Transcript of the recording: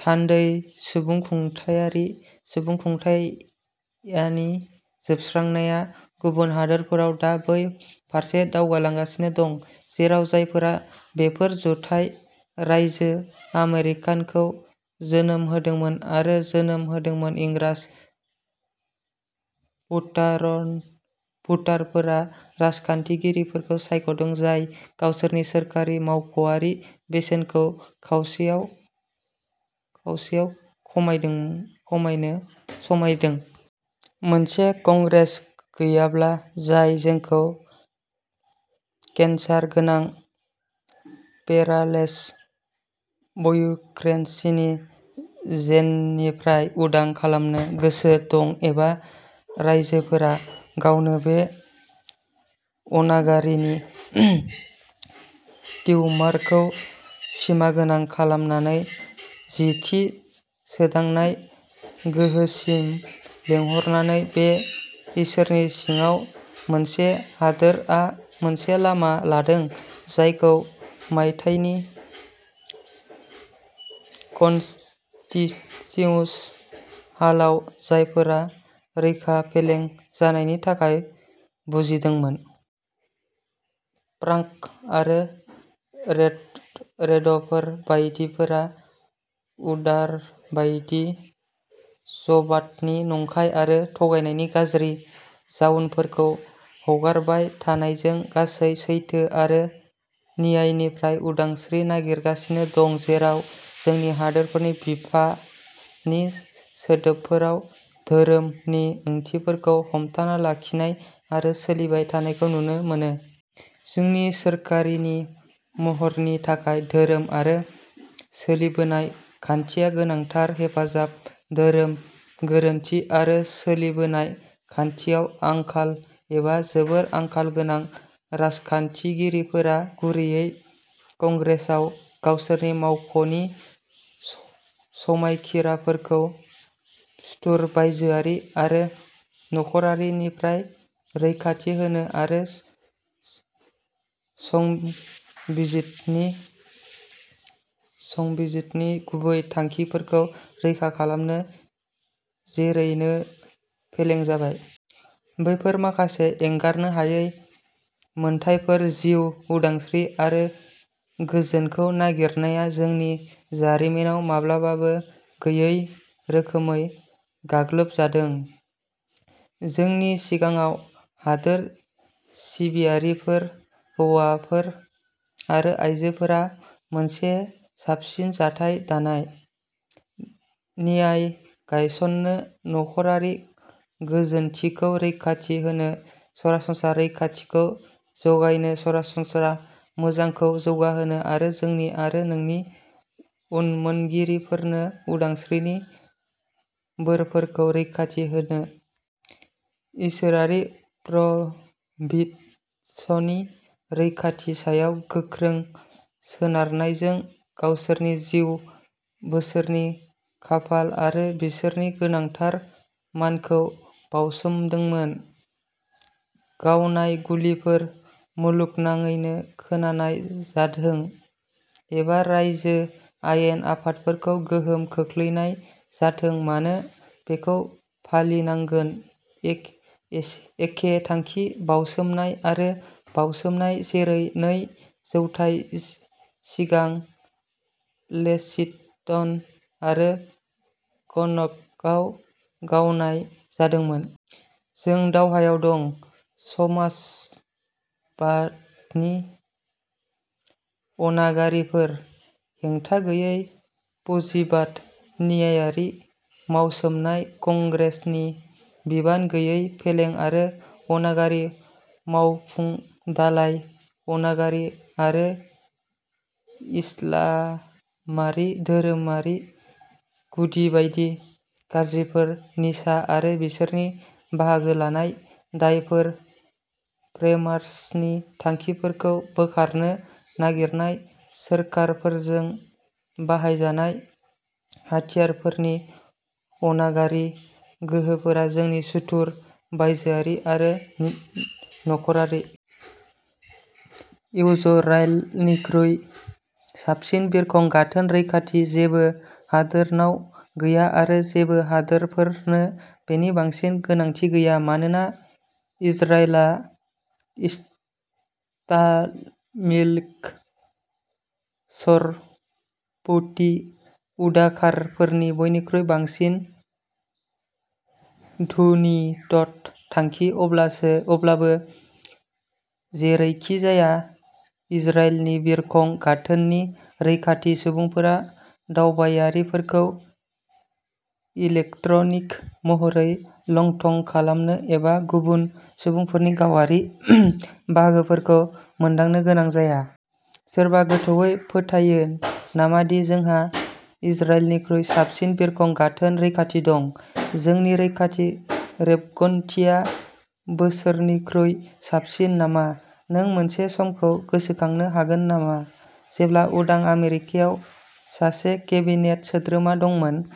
थान्दै, सुबुंखान्थियारि सुबुंखान्थियानि जोबस्रांनाया, गुबुन हादोरफोरा दा बै फारसे दावगालांगासिनो दं जेराव जायफोरा बेफोर जुथाइ रायजो आमेरिकाखौ जोनोम होदोंमोन आरो जोनोम होदोंमोन। इंराज भटारफोरा राजखान्थिगिरिफोरखौ सायख'दों, जाय गावसोरनि सोरखारि मावख'आरिनि बेसेनखौ खावसेआव खमायनो समायदों। मोनसे कंग्रेस गैयाब्ला, जाय जोंखौ केन्सार गोनां फेडारेल ब्युरोक्रेसीनि जेनिफ्राय उदां खालामनो गोसो दं, एबा रायजोफोरा गावनो बे अनागारिनि टिउमारखौ सिमागोनां खालामनानै, जि थि सोदांनाय गोहोनिसिम लिंहरनानै, बे "इसोरनि सिङाव मोनसे हादोर" आ मोनसे लामा लादों, जायखौ मायथाइनि कनस्टिटिउशन हलआव जायफोरा रोखा फेलें जानायनि थाखाय बुजिदोंमोन। फ्रांक आरो रेइडफोर बायदिफोरा उदारबादनि ाजबादनि नंखाय आरो थगायनायनि गाज्रि जाउनफोरखौ हगारबाय थानायजों, गासैबो सैथो आरो न्यायनिफ्राय उदांस्रि नागिरगासिनो दं, जेराव "जोंनि हादोरनि बिफा" नि सोदोबफोराव, "धोरोम" नि ओंथिफोरखौ हमथाना लाखिनाय आरो सोलिबाय थानायखौ नुनो मोनो। जोंनि सोरखारनि महरनि थाखाय धोरोम आरो सोलिबोनाय खान्थिया गोनांथार हेफाजाब। "धोरोम, गोरोनथि आरो सोलिबोनाय खान्थियाव आंखाल एबा जोबोद आंखाल गोनां, राजखान्थिगिरिफोरा, गुबैयै कंग्रेसाव, गावसोरनि मावख'नि समायखिराफोरखौ" सुथुर, बायजोआरि आरो नखरारि "निफ्राय रैखाथि होनो आरो संबिजुनि गुबै थांखिखौ रैखा खालामनो जोबोरैनो फेलें जाबाय। बैफोर" माखासे एंगारनो हायै मोनथायफोर, जिउ, उदांस्रि, आरो गोजोनखौ नागिरनाया "जोंनि जारिमिनाव माब्लाबाबो गैयै रोखोमै गाग्लोबजादों। जोंनि सिगाङाव हादोर सिबियारिफोर, हौवाफोर आरो आइजोफोरा" मोनसे साबसिन जथाय दानाय, न्याय गायसननो, नखरारि गोजोनथिखौ रैखाथि होनो, सरासनस्रा रैखाथिखौ जगायनो, सरासनस्रा मोजांखौ जौगाहोनो, आरो जोंनि आरो जोंनि उनमोनगिरिफोरनो उदांस्रिनि बोरफोरखौ रैखाथि होनो,... इसोरारि प्रभिडेन्सनि रैखाथिनि सायाव गोख्रों सोनारनायजों गावसोरनि जिउ, बिसोरनि खाफाल आरो बिसोरनि गोथार मानखौ बाउसोमदोंमोन। "गावनाय गुलिफोर, मुलुगनाङैनो खोनानाय जाथों एबा रायजो आयेन आफादफोरखौ गोहोम खोख्लैनाय जाथों मानो, बेखौ फालिनांगोन। एखे थांखि, बाउसोमनाय आरो बावसोमनाय, जेरै नै जौथाय सिगां लेक्सिंटन आरो कनकर्डआव गावनाय जादोंमोन। जों दावहायाव दं! समाजबादनि अनागारिफोर; हेंथागैयै पुजिबाद; न्यायारि मावसोमनाय; कंग्रेसनि बिबान गैयै, फेलें आरो अनागारि; मावफुं दालाय अनागारि; आरो इस्लामारि धोरोमारि गुदिबादनि गाज्रिफोर; निसा आरो बिसोरनि बाहागो लानाय दायफोर; फ्रेमार्सनि थांखिफोरखौ बोखारनो नागिरनाय सोरखारफोरजों बाहायजानाय हाथियारफोरनि अनागारि गोहोफोरा जोंनि "सुथुर, बायजोआरि आरो नखरारि"। इजराइलनिख्रुइ साबसिन बिरखं गाथोन रैखाथि जेबो हादोरनाव गैया-आरो जेबो हादोरनो बेनि बांसिन गोनांथि गैया, मानोना इजराइलआ इस्लामिक चरमपन्थी उदखारिफोरनि बयनिख्रुइ बांसिन घृणित थांखि। अब्लाबो, जेरैखिजाया, इजराइलनि बिरखं गाथोननि रैखाथि सुबुंफोरा दावबायारिफोरखौ इलेक्ट्रनिक महरै लंथं खालामनो एबा गुबुन सुबुंफोरनि गावारि बाहागोफोरखौ मोनदांनो गोनां जाया। सोरबा गोथौवै फोथायो नामा दि जोंहा इजराइलनिख्रुइ साबसिन बिरखं गाथोन रैखाथि दं? जोंनि रैखाथि रेबगान्थिया बिसोरनिख्रुइ साबसिन नामा? नों मोनसे समखौ गोसोखांनो हागोन नामा जेब्ला उदां आमेरिकायाव सासे केबिनेट सोद्रोमा दंमोन।